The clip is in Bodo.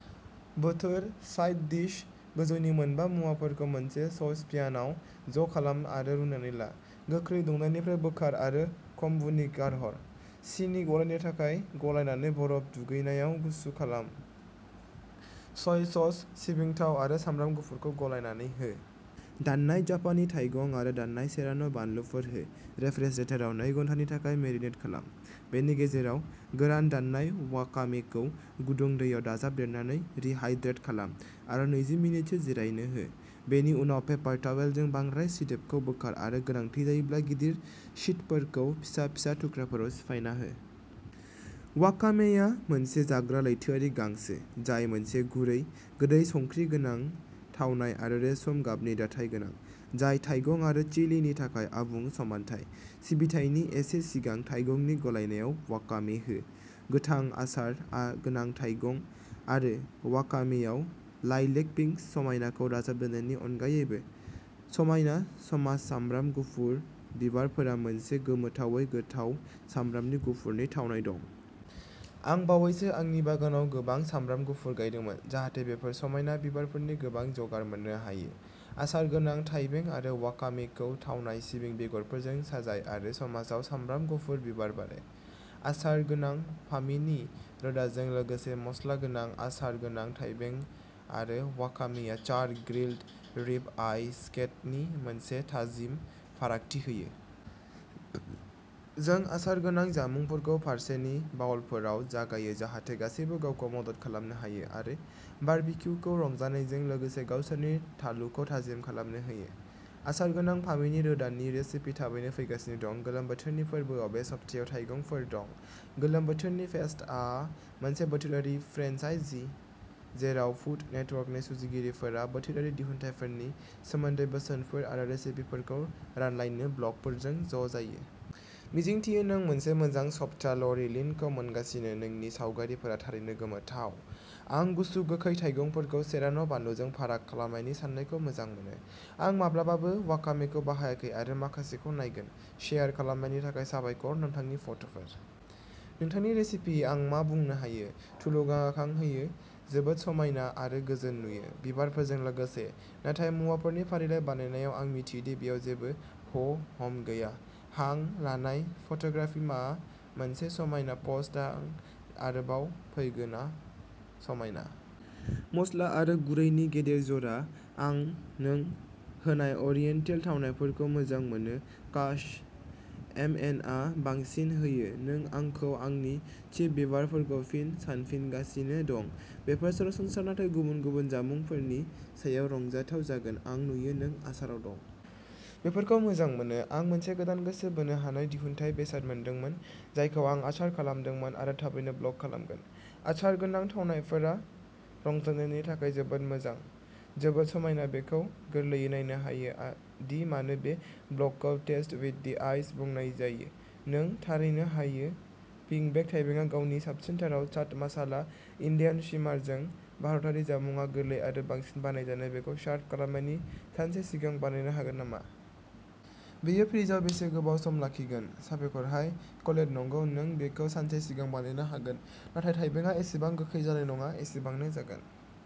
बोथोर साइड डिश, गोजौनि मोनबा मुवाफोरखौ मोनसे ससप्यानाव ज' खालाम आरो रुनानै ला। गोख्रै दुंनायनिफ्राय बोखार आरो क'म्बुनि गारहर। सिनि गलायनो थाखाय गलायनानै बरफ दुगैनायाव गुसु खालाम। सय सस सिबिं थाव आरो सामब्राम गुफुरखौ गलायनानै हो। दाननाय जापानी थाइगं आरो दाननाय सेरान' बानलुफोर हो। रेफ्रिजारेटाराव नै घन्टानि थाखाय मेरिनेट खालाम। बेनि गेजेराव गोरान दाननाय वाकामेखौ गुदुं दैयाव दाजाबदेरनानै रिहाइड्रेट खालाम आरो नैजि मिनिटसो जिरायनो हो। बेनि उनाव पेपार तावेलजों बांद्राय सिदोबखौ बोखार आरो गोनांथि जायोब्ला गिदिर शीटफोरखौ फिसा फिसा थुख्राफोराव सिफायना हो। वाकामेआ मोनसे जाग्रा लैथोआरि गांसो, जाय मोनसे गुरै गोदै संख्रि गोनां थावनाय आरो रेसम गाबनि दाथाय गोनां, जाय थाइगं आरो चिलिनि थाखाय आबुं समानथाय। सिबिथायनि एसे सिगां थाइगंनि गलायनायाव वाकामे हो। गोथां आसार गोनां थाइगं आरो वाकामेआव लाइलेक पिंक समायनाखौ दाजाबदेरनायनि अनगायैबो, समायना समाज सामब्राम गुफुर बिबारफोरा मोनसे गोमोथावै गोथाव सामब्राम गुफुरनि थावनाय दं। आं बावैसो आंनि बागानाव गोबां सामब्राम गुफुर गायदोंमोन जाहाथे बेफोर समायना बिबारफोरनि गोबां जगार मोननो हायो। आसार गोनां थाइबें आरो वाकामेखौ थावनाय सिबिं बेगरफोरजों साजाय आरो समाजआव सामब्राम गुफुर बिबार बारो। आसार गोनां फामिनि रोदाजों लोगोसे, मसलागोनां आसार गोनां थाइबें आरो वाकामेआ चार ग्रिल्ड रिब आइ स्टेकनि मोनसे थाजिम फारागथि होयो। जों आसार गोनां जामुंफोरखौ फारसेनि बाउलफोराव जगायो जाहाथे गासैबो गावखौ मदद खालामनो हायो आरो बारबिक्युखौ रंजानायजों लोगोसे गावसोरनि थालुखौ थाजिम खालामनो हायो। आसार गोनां फामिनि रोदानि रेसिपि थाबैनो फैगासिनो दं। गोलोम बोथोरनि फोरबोआव बे सप्तायाव थाइगंफोर दं गोलोम बोथोरनि फेस्टआ मोनसे बोथोरारि फ्रेन्चाइजी जेराव फुद नेटवर्कनि सुजुगिरिफोरा बोथोरारि दिहुनथायफोरनि सोमोन्दै बोसोनफोर आरो रेसिपिफोरखौ रानलायनो ब्लगफोरजों ज' जायो। मिजिंथियो नों मोनसे मोजां सप्ता ल'रि लिनखौ मोनगासिनो नोंनि सावगारिफोरा थारैनो गोमोथाव। आं गुसु गोखै थाइगंफोरखौ सेरान'बानलुजों फाराग खालामनायनि साननायखौ मोजां मोनो। आं माब्लाबाबो वाकामेखौ बाहायाखै आरो माखासेखौ नायगोन। शेयार खालामनायनि थाखाय साबायखर नोंथांनि फट'फोर। नोंथांनि रेसिपि। आं मा बुंनो हायो? थुलुंगाखां होयो बेखौ जोबोद समायना आरो गोजोन नुयो, बिबारफोरजों लोगोसे, नाथाय मुवाफोरनि फारिलाइ फरायनायाव आं मिथियो दि बेयाव जेबो ह' हम गैया। हां लानाय फट'ग्राफि मा मोनसे समायना पस्ट आं आरोबाव फैगोन'अ समायना। मस्ला आरो गुरैनि गेदेर जरा। आं नों होनाय अरियेन्टेल थावनायफोरखौ मोजां मोनो काश एमएनआ बांसिन होयो नों आंखौ आंनि चिभ बिबारफोरखौ फिन सानफिनगासिनो दं बेफोर सरासनस्रा नाथाय गुबुन गुबुन जामुंफोरनि सायाव रंजाथाव जागोन आं नुयो नों आसाराव दं। बेफोरखौ मोजां मोनो। आं मोनसे गोदान गोसो बोनो हानाय दिहुनथाय बेसाद मोनदोंमोन जायखौ आं आचार खालामदोंमोन आरो थाबैनो ब्लग खालामगोन। आचार गोनां थावनायफोरा रंजानायनि थाखाय जोबोद मोजां। जोबोद समायना बेखौ गोरलैयै नायनो हायो दि मानो बे ब्लगखौ टेस्ट विद दि आइज बुंनाय जायो नों थारैनो हायो पिंबेक थाइबेंआ गावनि साबसिनथाराव चाट मस्ला इन्डियानसिमारजों भारतारि जामुंआ गोरलै आरो बांसिन बानायजानाय बेखौ सारभ खालामनायनि सानसे सिगां बानायनो हागोन नामा? बेयो फ्रिजआव बेसे गोबाव लाखिगोन? साबायखर हाय कलेट नंगौ नों बेखौ सानसे सिगां बानायनो हागोन, नाथाय थाइबेंआ एसेबां गोखै जानाय नङा, एसेबांनो जागोन।